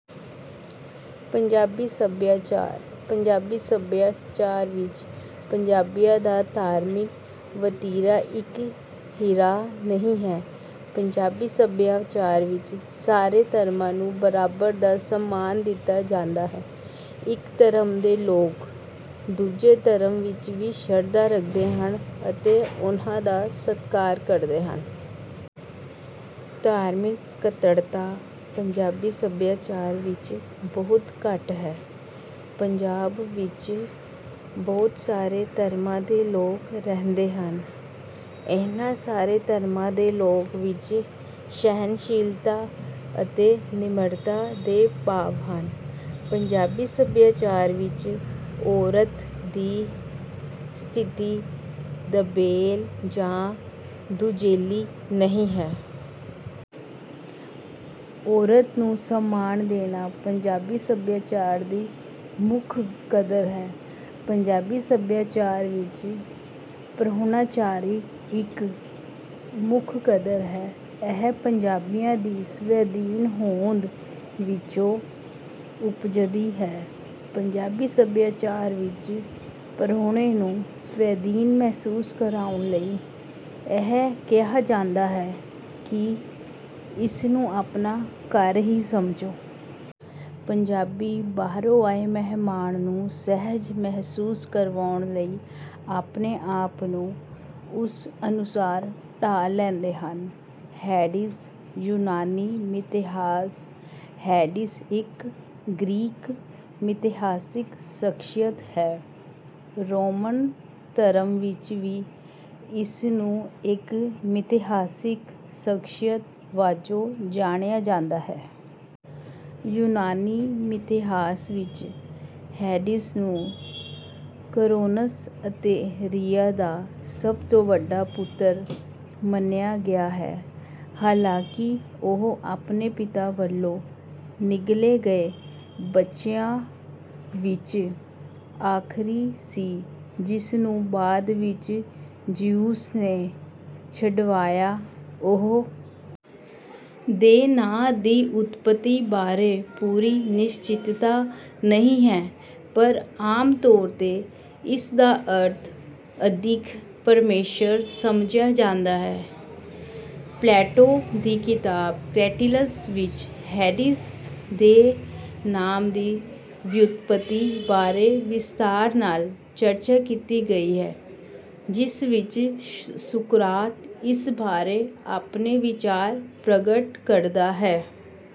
ਪੰਜਾਬੀ ਸਭਿਆਚਾਰ ਪੰਜਾਬੀ ਸਭਿਆਚਾਰ ਵਿੱਚ ਪੰਜਾਬੀਆਂ ਦਾ ਧਾਰਮਿਕ ਵਤੀਰਾ ਇਕਹਿਰਾ ਨਹੀਂ ਹੈ। ਪੰਜਾਬੀ ਸਭਿਆਚਾਰ ਵਿੱਚ ਸਾਰੇ ਧਰਮਾਂ ਨੂੰ ਬਰਾਬਰ ਦਾ ਸਨਮਾਨ ਦਿੱਤਾ ਜਾਂਦਾ ਹੈ। ਇੱਕ ਧਰਮ ਦੇ ਲੋਕ ਦੂਜੇ ਧਰਮ ਵਿੱਚ ਵੀ ਸ਼ਰਧਾ ਰੱਖਦੇ ਹਨ ਅਤੇ ਉਨ੍ਹਾਂ ਦਾ ਸਤਿਕਾਰ ਕਰਦੇ ਹਨ। ਧਾਰਮਿਕ ਕੱਟੜਤਾ ਪੰਜਾਬੀ ਸਭਿਆਚਾਰ ਵਿੱਚ ਬਹੁਤ ਘੱਟ ਹੈ। ਪੰਜਾਬ ਵਿੱਚ ਬਹੁਤ ਸਾਰੇ ਧਰਮਾਂ ਦੇ ਲੋਕ ਰਹਿੰਦੇ ਹਨ। ਇਨ੍ਹਾਂ ਸਾਰੇ ਧਰਮਾਂ ਦੇ ਲੋਕਾਂ ਵਿੱਚ ਸਹਿਣਸ਼ੀਲਤਾ ਅਤੇ ਨਿਮਰਤਾ ਦੇ ਭਾਵ ਹਨ। ਪੰਜਾਬੀ ਸਭਿਆਚਾਰ ਵਿੱਚ ਔਰਤ ਦੀ ਸਥਿਤੀ ਦਬੇਲ ਜਾਂ ਦੂਜੇਲੀ ਨਹੀਂ ਹੈ। ਔਰਤ ਨੂੰ ਸਨਮਾਨ ਦੇਣਾ ਪੰਜਾਬੀ ਸਭਿਆਚਾਰ ਦੀ ਮੁੱਖ ਕਦਰ ਹੈ। ਪੰਜਾਬੀ ਸਭਿਆਚਾਰ ਵਿੱਚ ਪ੍ਰਾਹੁਣਾਚਾਰੀ ਇੱਕ ਮੁੱਖ ਕਦਰ ਹੈ। ਇਹ ਪੰਜਾਬੀਆਂ ਦੀ ਸਵੈਧੀਨ ਹੋਂਦ ਵਿੱਚੋਂ ਉਪਜਦੀ ਹੈ। ਪੰਜਾਬੀ ਸਭਿਆਚਾਰ ਵਿੱਚ ਪ੍ਰਾਹੁਣੇ ਨੂੰ ਸਵੈਧੀਨ ਮਹਿਸੂਸ ਕਰਵਾਉਣ ਲਈ ਇਹ ਕਿਹਾ ਜਾਂਦਾ ਹੈ ਕਿ, “ਇਸ ਨੂੰ ਆਪਣਾ ਘਰ ਹੀ ਸਮਝੋ।” ਪੰਜਾਬੀ ਬਾਹਰੋਂ ਆਏ ਮਹਿਮਾਨ ਨੂੰ ਸਹਿਜ ਮਹਿਸੂਸ ਕਰਵਾਉਣ ਲਈ ਆਪਣੇ ਆਪ ਨੂੰ ਉਸ ਅਨੁਸਾਰ ਢਾਲ ਲੈਂਦੇ ਹਨ। ਹੇਡੀਸ ਯੂਨਾਨੀ ਮਿਥਿਹਾਸ ਹੇਡੀਸ ਇੱਕ ਗ੍ਰੀਕ ਮਿਥਿਹਾਸਿਕ ਸ਼ਖ਼ਸੀਅਤ ਹੈ। ਰੋਮਨ ਧਰਮ ਵਿੱਚ ਵੀ ਇਸ ਨੂੰ ਇੱਕ ਮਿਥਿਹਾਸਿਕ ਸ਼ਖ਼ਸੀਅਤ ਵਜੋਂ ਜਾਣਿਆ ਜਾਂਦਾ ਹੈ। ਯੂਨਾਨੀ ਮਿਥਿਹਾਸ ਵਿੱਚ ਹੇਡੀਸ ਨੂੰ ਕਰੌਨਸ ਅਤੇ ਰੀਆ ਦਾ ਸਭ ਤੋਂ ਵੱਡਾ ਪੁੱਤਰ ਮੰਨਿਆ ਗਿਆ ਹੈ, ਹਾਲਾਂਕਿ ਉਹ ਆਪਣੇ ਪਿਤਾ ਵੱਲੋਂ ਨਿਗਲੇ ਗਏ ਬੱਚਿਆਂ ਵਿੱਚ ਆਖ਼ਰੀ ਸੀ ਜਿਸ ਨੂੰ ਬਾਅਦ ਵਿੱਚ ਜ਼ਿਊਸ ਨੇ ਛੁਡਵਾਇਆ। ਉਹ ਦੇ ਨਾਂ ਦੀ ਉਤਪੱਤੀ ਬਾਰੇ ਪੂਰੀ ਨਿਸ਼ਚਿਤਤਾ ਨਹੀਂ ਹੈ, ਪਰ ਆਮ ਤੌਰ ’ਤੇ ਇਸ ਦਾ ਅਰਥ “ਅਦਿੱਖ ਪਰਮੇਸ਼ੁਰ” ਸਮਝਿਆ ਜਾਂਦਾ ਹੈ। ਪਲੈਟੋ ਦੀ ਕਿਤਾਬ ਕ੍ਰੈਟੀਲਸ ਵਿੱਚ ਹੇਡੀਸ ਦੇ ਨਾਮ ਦੀ ਵਿਉਤਪੱਤੀ ਬਾਰੇ ਵਿਸਥਾਰ ਨਾਲ ਚਰਚਾ ਕੀਤੀ ਗਈ ਹੈ, ਜਿਸ ਵਿੱਚ ਸੁਕਰਾਤ ਇਸ ਬਾਰੇ ਆਪਣੇ ਵਿਚਾਰ ਪ੍ਰਗਟ ਕਰਦਾ ਹੈ।